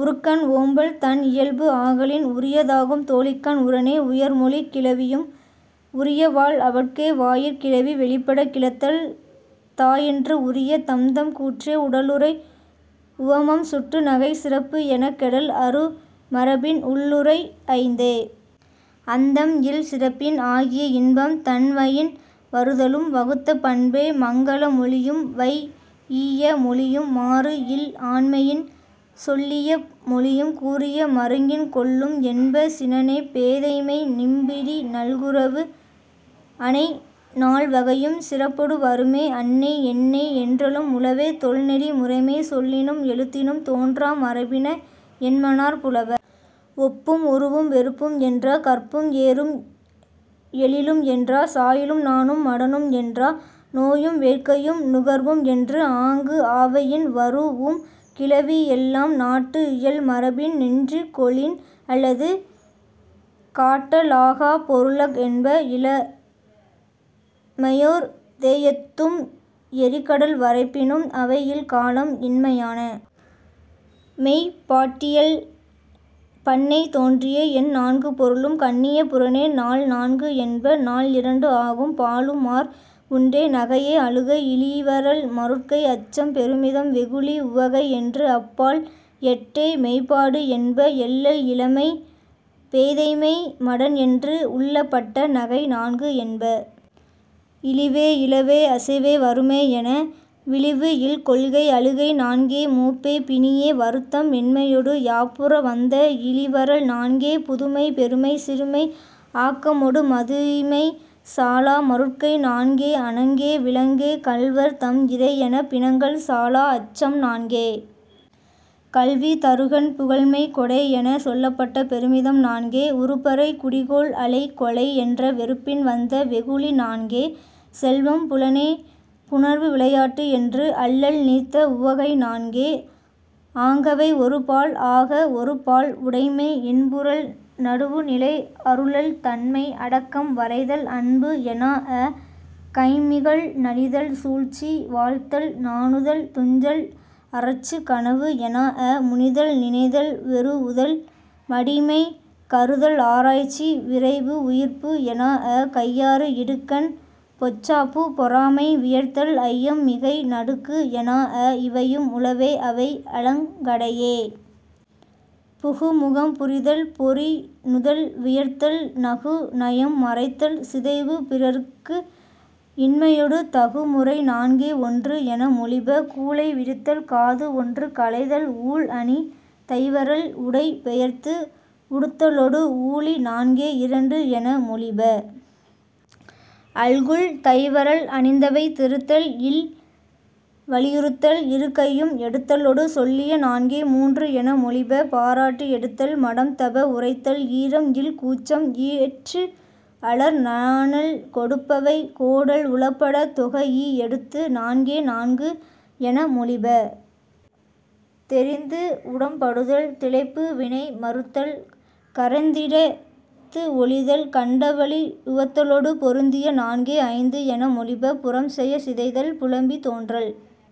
உறுகண் ஓம்பல் தன் இயல்பு ஆகலின் உரியதாகும் தோழிகண் உரனே. உயர் மொழிக் கிளவியும் உரியவால் அவட்கே. வாயிற் கிளவி வெளிப்படக் கிளத்தல் தா இன்று உரிய தம்தம் கூற்றே. உடனுறை உவமம் சுட்டு நகை சிறப்பு எனக் கெடல் அரு மரபின் உள்ளுறை ஐந்தே. அந்தம் இல் சிறப்பின் ஆகிய இன்பம் தன்வயின் வருதலும் வகுத்த பண்பே. மங்கல மொழியும் வைஇய மொழியும் மாறு இல் ஆண்மையின் சொல்லிய மொழியும் கூறிய மருங்கின் கொள்ளும் என்ப. சினனே பேதைமை நிம்பிரி நல்குரவு அனை நால் வகையும் சிறப்பொடு வருமே. அன்னை என்னை என்றலும் உளவே தொல் நெறி முறைமை சொல்லினும் எழுத்தினும் தோன்றா மரபின என்மனார் புலவர். ஒப்பும் உருவும் வெறுப்பும் என்றா கற்பும் ஏரும் எழிலும் என்றா சாயலும் நாணும் மடனும் என்றா நோயும் வேட்கையும் நுகர்வும் என்று ஆங்கு ஆவயின் வரூஉம் கிளவி எல்லாம் நாட்டு இயல் மரபின் நெஞ்சு கொளின் அல்லது காட்டலாகாப் பொருள என்ப. இமையோர் தேஎத்தும் எறி கடல் வரைப்பினும் அவை இல் காலம் இன்மையான.. மெய்ப்பாட்டியல் பண்ணைத் தோன்றிய எண் நான்கு பொருளும் கண்ணிய புறனே நால் நான்கு என்ப. நால் இரண்டு ஆகும் பாலுமார் உண்டே. நகையே அழுகை இளிவரல் மருட்கை அச்சம் பெருமிதம் வெகுளி உவகை என்று அப் பால் எட்டே மெய்ப்பாடு என்ப. எள்ளல் இளமை பேதைமை மடன் என்று உள்ளப்பட்ட நகை நான்கு என்ப. இளிவே இழவே அசைவே வறுமை என விளிவு இல் கொள்கை அழுகை நான்கே. மூப்பே பிணியே வருத்தம் மென்மையொடு யாப்புற வந்த இளிவரல் நான்கே. புதுமை பெருமை சிறுமை ஆக்கமொடு மதிமை சாலா மருட்கை நான்கே. அணங்கே விலங்கே கள்வர் தம் இறை எனப் பிணங்கல் சாலா அச்சம் நான்கே. கல்வி தறுகண் புகழ்மை கொடை எனச் சொல்லப்பட்ட பெருமிதம் நான்கே. உறுப்பறை குடிகோள் அலை கொலை என்ற வெறுப்பின் வந்த வெகுளி நான்கே. செல்வம் புலனே புணர்வு விளையாட்டு என்று அல்லல் நீத்த உவகை நான்கே. ஆங்கவை ஒரு பால் ஆக ஒரு பால் உடைமை இன்புறல் நடுவுநிலை அருளல் தன்மை அடக்கம் வரைதல் அன்பு எனாஅ கைம்மிகல் நலிதல் சூழ்ச்சி வாழ்த்தல் நாணுதல் துஞ்சல் அரற்று கனவு எனாஅ முனிதல் நினைதல் வெரூஉதல் மடிமை கருதல் ஆராய்ச்சி விரைவு உயிர்ப்பு எனாஅ கையாறு இடுக்கண் பொச்சாப்பு பொறாமை வியர்த்தல் ஐயம் மிகை நடுக்கு எனாஅ இவையும் உளவே அவை அலங்கடையே. புகு முகம் புரிதல் பொறி நுதல் வியர்த்தல் நகு நயம் மறைத்தல் சிதைவு பிறர்க்கு இன்மையொடு தகு முறை நான்கே ஒன்று என மொழிப. கூழை விரித்தல் காது ஒன்று களைதல் ஊழ் அணி தைவரல் உடை பெயர்த்து உடுத்தலொடு ஊழி நான்கே இரண்டு என மொழிப. அல்குல் தைவரல் அணிந்தவை திருத்தல் இல் வலியுறுத்தல் இரு கையும் எடுத்தலொடு சொல்லிய நான்கே மூன்று என மொழிப. பாராட்டு எடுத்தல் மடம் தப உரைத்தல் ஈரம் இல் கூற்றம் ஏற்று அலர் நாணல் கொடுப்பவை கோடல் உளப்படத் தொகைஇ எடுத்த நான்கே நான்கு என மொழிப. தெரிந்து உடம்படுதல் திளைப்பு வினை மறுத்தல் கரந்திடத்து ஒழிதல் கண்டவழி உவத்தலொடு பொருந்திய நான்கே ஐந்து என மொழிப. புறம் செயச் சிதைதல் புலம்பித் தோன்றல்